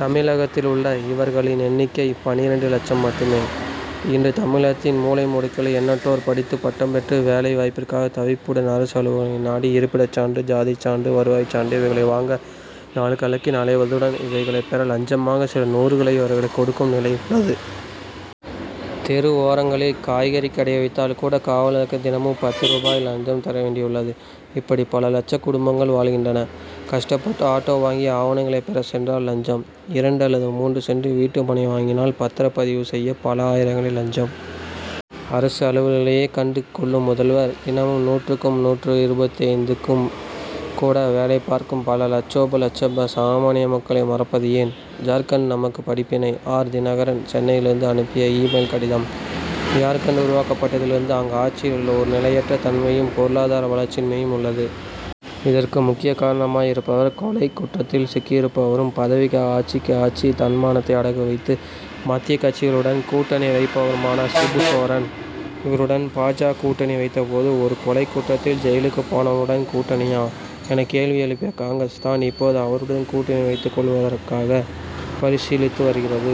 தமிழகத்தில் உள்ள இவர்களின் எண்ணிக்கை பன்னிரண்டு லட்சம் மட்டுமே. இன்று, தமிழகத்தின் மூலை முடுக்குகளில் எண்ணற்றோர் படித்து பட்டம் பெற்று, வேலை வாய்ப்பிற்காக தவிப்புடன் அரசு அலுவலகங்களை நாடி, இருப்பிட சான்று, ஜாதி சான்று, வருவாய் சான்று இவைகளை வாங்க, நாள்கணக்கில் அலைவதுடன், இவைகளை பெற லஞ்சமாக சில நூறுகளை இவர்களுக்கு கொடுக்கும் நிலை உள்ளது. தெரு ஓரங்களில் காய்கறி கடை வைத்தால் கூட, காவலர்களுக்கு தினமும் பத்து ரூபாய் லஞ்சம் தரவேண்டி உள்ளது. இப்படி பல லட்ச குடும்பங்கள் வாழ்கின்றன. கஷ்டப்பட்டு ஆட்டோ வாங்கி, ஆவணங்களை பெற சென்றால் லஞ்சம். இரண்டு அல்லது மூன்று சென்ட் வீட்டு மனை வாங்கினால், பத்திரப் பதிவு செய்ய, பல ஆயிரங்களில் லஞ்சம். அரசு அலுவலர்களையே கண்டு கொள்ளும் முதல்வர், தினமும், நூறுக்கும் நூற்று இருபத்து ஐந்துக்கும் கூட வேலை பார்க்கும் பல லட்சோப லட்ச சாமான்ய மக்களை மறப்பது ஏன்? ஜார்க்கண்ட் நமக்கு படிப்பினை! ஆர். தினகரன், சென்னையிலிருந்து அனுப்பிய, இ-மெயில்' கடிதம்: ஜார்க்கண்ட் உருவாக்கப்பட்டதிலிருந்து, அங்கு ஆட்சியில் ஒரு நிலையற்ற தன்மையும், பொருளாதார வளர்ச்சியின்மையும் உள்ளது. இதற்கு முக்கிய காரணமாய் இருப்பவர், கொலைக் குற்றத்தில் சிக்கியிருப்பவரும், பதவிக்காக ஆட்சிக்கு ஆட்சி, தன்மானத்தை அடகு வைத்து, மத்திய கட்சிகளுடன் கூட்டணி வைப்பவருமான சிபு சோரன். இவருடன் பா. ஜ., கூட்டணி வைத்த போது, ஒரு கொலைக் குற்றத்தில் ஜெயிலுக்கு போனவருடன் கூட்டணியா? ' என கேள்வி எழுப்பிய காங்கிரஸ் தான், இப்போது அவருடன் கூட்டணி வைத்துக் கொள்வதற்காக பரிசீலித்து வருகிறது.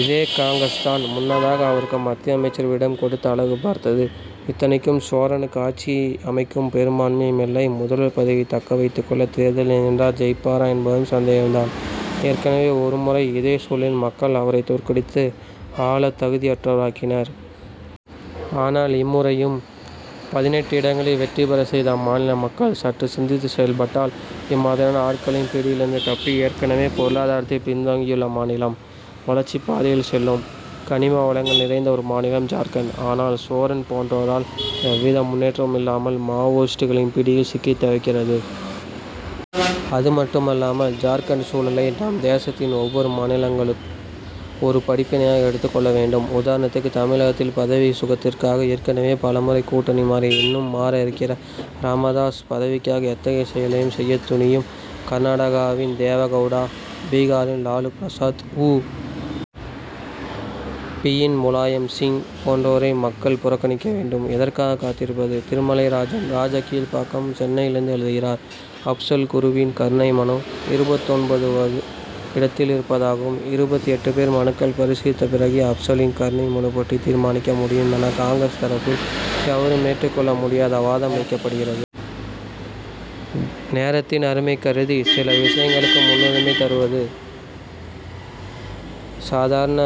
இதே காங்கிரஸ் தான், முன்னதாக அவருக்கு மத்திய அமைச்சரவையில் இடம் கொடுத்து அழகு பார்த்தது. இத்தனைக்கும், சோரனுக்கு ஆட்சி அமைக்கும் பெரும்பான்மையும் இல்லை. முதல்வர் பதவியை தக்க வைத்துக் கொள்ள, தேர்தலில் நின்றால் ஜெயிப்பாரா என்பதும் சந்தேகம் தான். ஏற்கனவே ஒருமுறை இதே சூழலில், மக்கள் அவரை தோற்கடித்து, ஆள தகுதியற்றவராக்கினர். ஆனால், இம்முறையும் பதினெட்டு இடங்களில் வெற்றி பெற செய்த அம்மாநில மக்கள், சற்று சிந்தித்து செயல்பட்டால், இம்மாதிரியான ஆட்களின் பிடியிலிருந்து தப்பி, ஏற்கனவே பொருளாதாரத்தில் பின்தங்கியுள்ள மாநிலம், வளர்ச்சிப் பாதையில் செல்லும். கனிமவளங்கள் நிறைந்த ஒரு மாநிலம் ஜார்க்கண்ட். ஆனால், சோரன் போன்றோரால், எவ்வித முன்னேற்றமும் இல்லாமல், மாவோயிஸ்டுகளின் பிடியில் சிக்கி தவிக்கிறது. அதுமட்டுமல்லாமல், ஜார்க்கண்ட் சூழலை நம் தேசத்தின் ஒவ்வொரு மாநிலங்களும், ஒரு படிப்பினையாக எடுத்துக் கொள்ள வேண்டும். உதாரணத்திற்கு, தமிழகத்தில் பதவி சுகத்திற்காக, ஏற்கனவே பலமுறை கூட்டணி மாறிய, இன்னும் மாற இருக்கிற ராமதாஸ், பதவிக்காக எத்தகைய செயலையும் செய்ய துணியும் கர்நாடகாவின் தேவகவுடா, பீகாரின் லாலு பிரசாத், உ. பி.,யின் முலாயம் சிங் போன்றோரை, மக்கள் புறக்கணிக்க வேண்டும். எதற்காக காத்திருப்பது? திருமலைராஜன், ராஜகீழ்பாக்கம், சென்னையிலிருந்து எழுதுகிறார் அப்சல் குருவின் கருணை மனு, இருபத்தொன்பது வது இடத்தில் இருப்பதாகவும், இருபத்து எட்டு பேர் மனுக்கள் பரிசீலித்த பிறகே, அப்சலின் கருணை மனு பற்றி தீர்மானிக்க முடியும்' என, காங்கிரஸ் தரப்பில், எவரும் ஏற்று கொள்ள முடியாத வாதம் வைக்கப்படுகிறது. நேரத்தின் அருமை கருதி, சில விஷயங்களுக்கு முன்னுரிமை தருவது, சாதாரண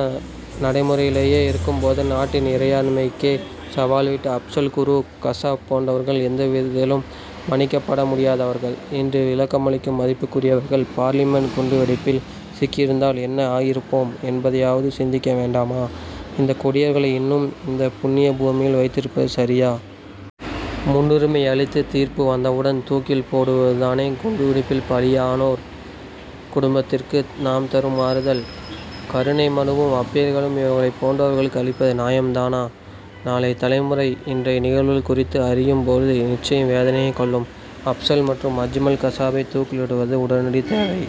நடைமுறையிலேயே இருக்கும் போது, நாட்டின் இறையாண்மைக்கே சவால்விட்ட அப்சல் குரு, கசாப் போன்றவர்கள் எந்தவிதத்திலும் மன்னிக்கப்பட முடியாதவர்கள். இன்று விளக்கமளிக்கும் மதிப்புக்குரியவர்கள், பார்லிமென்ட் குண்டுவெடிப்பில் சிக்கியிருந்தால், என்ன ஆகியிருப்போம் என்பதையாவது சிந்திக்க வேண்டாமா? இந்த கொடியவர்களை இன்னமும் இந்த புண்ணிய பூமியில் வைத்திருப்பது சரியா? முன்னுரிமை அளித்து, தீர்ப்பு வந்தவுடன், தூக்கில் போடுவது தானே, குண்டுவெடிப்பில் பாலியானவர் குடும்பத்திற்கு நாம் தரும் ஆறுதல். கருணை மனுவும், அப்பீல்களும் இவர்களை போன்றவர்களுக்கு அளிப்பது நியாயம் தானா? நாளைய தலைமுறை, இன்றைய நிகழ்வுகள் குறித்து அறியும் போது, நிச்சயம் வேதனையே கொள்ளும். அப்சல் மற்றும் அஜ்மல் கசாபை தூக்கிலிடுவது உடனடி தேவை.